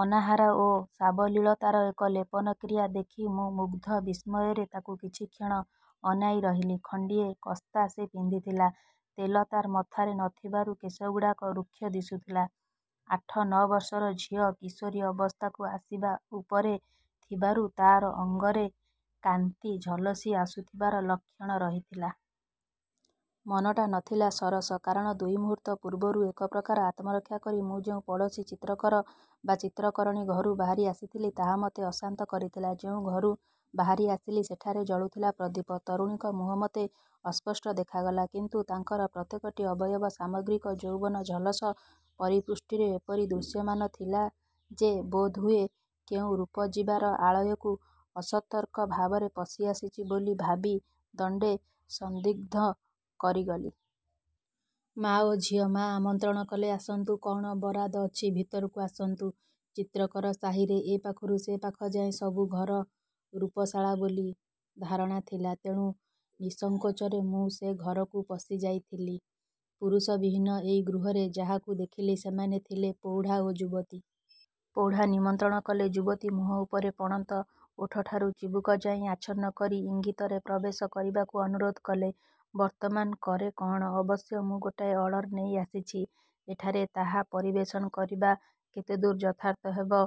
ଅନାହାର ଓ ସାବଲୀଳତାର ଏ ଲେପନ କ୍ରିୟା ଦେଖି ମୁଁ ମୁଗ୍ଧ ବିସ୍ମୟରେ ତାକୁ କିଛି କ୍ଷଣ ଅନାଇଁରହିଲି। ଖଣ୍ଡିଏ କସ୍ତା ସେ ପିନ୍ଧିଥିଲା। ତେଲ ତାର ମଥାରେ ନଥିବାରୁ କେଶଗୁଡ଼ାକ ରୁକ୍ଷ ଦିଶୁଥିଲା। ଆଠ ନଅ ବର୍ଷର ଝିଅ କିଶୋରୀ ଅବସ୍ଥାକୁ ଆସିବା ଉପରେ ଥିବାରୁ ତାର ଅଙ୍ଗରେ କାନ୍ତି ଝଲସି ଆସୁଥିବାର ଲକ୍ଷଣ ରହିଥିଲା। ମନଟା ନ ଥିଲା ସରସ; କାରଣ ଦୁଇମୁହୂର୍ତ୍ତ ପୂର୍ବରୁ ଏକପ୍ରକାର ଆତ୍ମରକ୍ଷା କରି ମୁଁ ଯେଉଁ ପଡ଼ୋଶୀ ଚିତ୍ରକର ବା ଚିତ୍ରକରଣୀ ଘରୁ ବାହାରି ଆସିଥିଲି, ତାହା ମତେ ଅଶାନ୍ତ କରିଥିଲା-। ଯେଉଁ ଘରୁ ବାହାରିଆସିଲି, ସେଠାରେ ଜଳୁଥିଲା ପ୍ରଦୀପ। ତରୁଣୀଙ୍କ ମୁହଁ ମତେ ଅସ୍ପଷ୍ଟ ଦେଖାଗଲା; କିନ୍ତୁ ତାଙ୍କର ପ୍ରତ୍ୟେକଟି ଅବୟବ ସାମଗ୍ରିକ ଯୌବନ ଝଲସ ପରିପୁଷ୍ଟିରେ ଏପରି ଦୃଶ୍ୟମାନ ଥିଲା ଯେ, ମୁଁ ବୋଧହୁଏ କେଉଁ ରୂପଜୀବାର ଆଳୟକୁ ଅସତର୍କଭାବରେ ପଶିଆସିଛି ବୋଲି ଭାବି ଦଣ୍ଡେ ସନ୍ଦିଗ୍ଧ ରହିଗଲି। ମାଆ ଓ ଝିଅ। ମାଆ ଆମନ୍ତ୍ରଣ କଲେ, "ଆସନ୍ତୁ, କଅଣ ବରାଦ ଅଛି; ଭିତରକୁ ଆସନ୍ତୁ। " ଚିତ୍ରକରସାହିରେ ଏ ପାଖରୁ ସେ ପାଖ ଯାଏ ସବୁ ଘର ରୂପଶାଳା ବୋଲି ଧାରଣାଥିଲା-। ତେଣୁ ନିଃସଂକୋଚରେ ମୁଁ ସେ ଘରକୁ ପଶିଯାଇଥିଲି। ପୁରୁଷବିହୀନ ଏଇ ଗୃହରେ ଯାହାକୁ ଦେଖିଲି, ସେମାନେ ଥିଲେ ପୌଢ଼ା ଓ ଯୁବତୀ। ପୌଢ଼ା ନିମନ୍ତ୍ରଣ କଲେ। ଯୁବତୀ ମୁହଁ ଉପରେ ପଣତ ଓଠଠାରୁ ଚିବୁକ ଯାଏ ଆଚ୍ଛନ୍ନ କରି ଇଙ୍ଗିତରେ ପ୍ରବେଶ କରିବାକୁ ଅନୁରୋଧ କଲେ। ବର୍ତ୍ତମାନ କରେ କଅଣ? ଅବଶ୍ୟ ମୁଁ ଗୋଟାଏ ଅର୍ଡ଼ର ନେଇ ଆସିଛି। ଏଠାରେ ତାହା ପରିବେଷଣ କରିବା କେତେଦୂର ଯଥାର୍ଥ ହେବ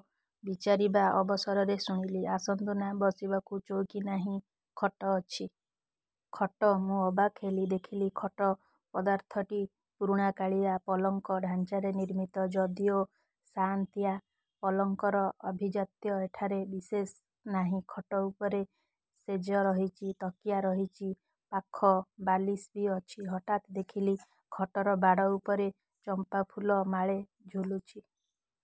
ବିଚାରିବା ଅବସରରେ ଶୁଣିଲି– 'ଆସନ୍ତୁ ନା, ବସିବାକୁ ଚୌକି ନାହିଁ, ଖଟ ଅଛି। ' -'ଖଟ? ' ମୁଁ ଅବାକ୍ ହେଲି। ଦେଖିଲି ଖଟ ପଦାର୍ଥଟି ପୁରୁଣାକାଳିଆ ପଲଙ୍କ ଢାଞ୍ଚାରେ ନିର୍ମିତ, ଯଦିଓ ସାଆଁନ୍ତିଆ ପଲଙ୍କର ଆଭିଜାତ୍ୟ ଏଠାରେ ବିଶେଷ ନାହିଁ। ଖଟ ଉପରେ ଶେଯ ରହିଛି, ତକିଆ ରହିଛି, ପାଖ ବାଲିସ୍ ବି ଅଛି। ହଠାତ୍ ଦେଖିଲି ଖଟର ବାଡ଼ ଉପରେ ଚମ୍ପାଫୁଲ ମାଳେ ଝୁଲୁଛି।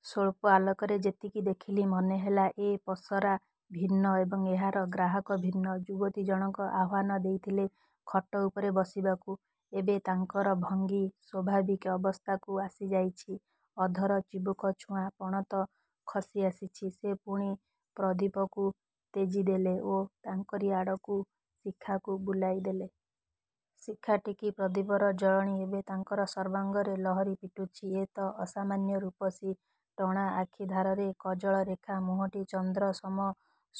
ସ୍ୱଳ୍ପ ଆଲୋକରେ ଯେତିକି ଦେଖିଲି, ମନେହେଲା ଏ ପସରା ଭିନ୍ନ ଏବଂ ଏହାର ଗ୍ରାହକ ଭିନ୍ନ। ଯୁବତୀଜଣକ ଆହ୍ୱାନ ଦେଇଥିଲେ ଖଟ ଉପରେ ବସିବାକୁ। ଏବେ ତାଙ୍କର ଭଙ୍ଗୀ ସ୍ଵାଭାବିକ ଅବସ୍ଥାକୁ ଆସିଯାଇଛି। ଅଧର ଚିବୁକଛୁଆଁ ପଣତ ଖସିଆସିଛି। ସେ ପୁଣି ପ୍ରଦୀପକୁ ତେଜିଦେଲେ ଓ ତାଙ୍କରି ଆଡ଼କୁ ଶିଖାକୁ ବୁଲାଇଦେଲେ। ଶିଖା ଟେକି ପ୍ରଦୀପର ଜଳଣି ଏବେ ତାଙ୍କର ସର୍ବାଙ୍ଗରେ ଲହରି ପିଟୁଛି। ଏ ତ ଅସାମାନ୍ୟା ରୂପସୀ! ଟଣା ଆଖିଧାରରେ କଜଳରେଖା; ମୁହଁଟି ଚନ୍ଦ୍ର ସମ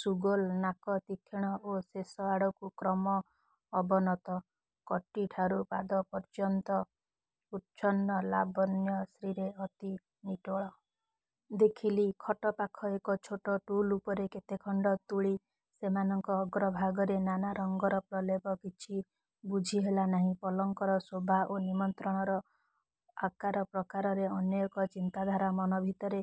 ସୁଗୋଲ। ନାକ ତୀକ୍ଷଣ ଓ ଶେଷଆଡ଼କୁ କ୍ରମ ଅବନତ। କଟୀଠାରୁ ପାଦ ପର୍ଯ୍ୟନ୍ତ ଉଚ୍ଛନ୍ନ ଲାବଣ୍ୟାଶ୍ରୀରେ ଅତି ନିଟୋଳ। ଦେଖିଲି ଖଟ ପାଖ ଏକ ଛୋଟ ଟୁଲ୍ ଉପରେ କେତେ ଖଣ୍ଡ ତୂଳୀ, ସେମାନଙ୍କ ଅଗ୍ରଭାଗରେ ନାନା ରଙ୍ଗର ପ୍ରଲେପ। କିଛି ବୁଝିହେଲା ନାହିଁ; ପଲଙ୍କର ଶୋଭା ଓ ନିୟନ୍ତ୍ରଣର ଆକାରପ୍ରକାରରେ ଅନ୍ୟ ଏକ ଚିନ୍ତାଧାରା ମନ ଭିତରେ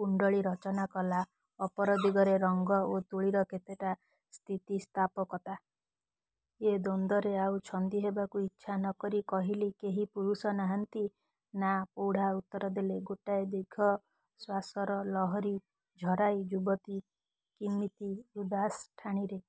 କୁଣ୍ଡଳୀ ରଚନା କଲା। ଅପର ଦିଗରେ ରଙ୍ଗ ଓ ତୂଳୀର କେତେଟା ସ୍ଥିତିସ୍ଥାପକତା। ଏ ଦ୍ଵନ୍ଦରେ ଆଉ ଛନ୍ଦି ହେବାକୁ ଇଚ୍ଛା ନକରି କହିଲି–'କେହି ପୁରୁଷ ନାହାନ୍ତି? ' 'ନା। ପ୍ରୌଢ଼ା ଉତ୍ତରଦେଲେ ଗୋଟାଏ ଦୀର୍ଘଶ୍ୱାସର ଲହରୀ ଝରାଇ। ଯୁବତୀ କିମିତି ଉଦାସ ଠାଣିରେ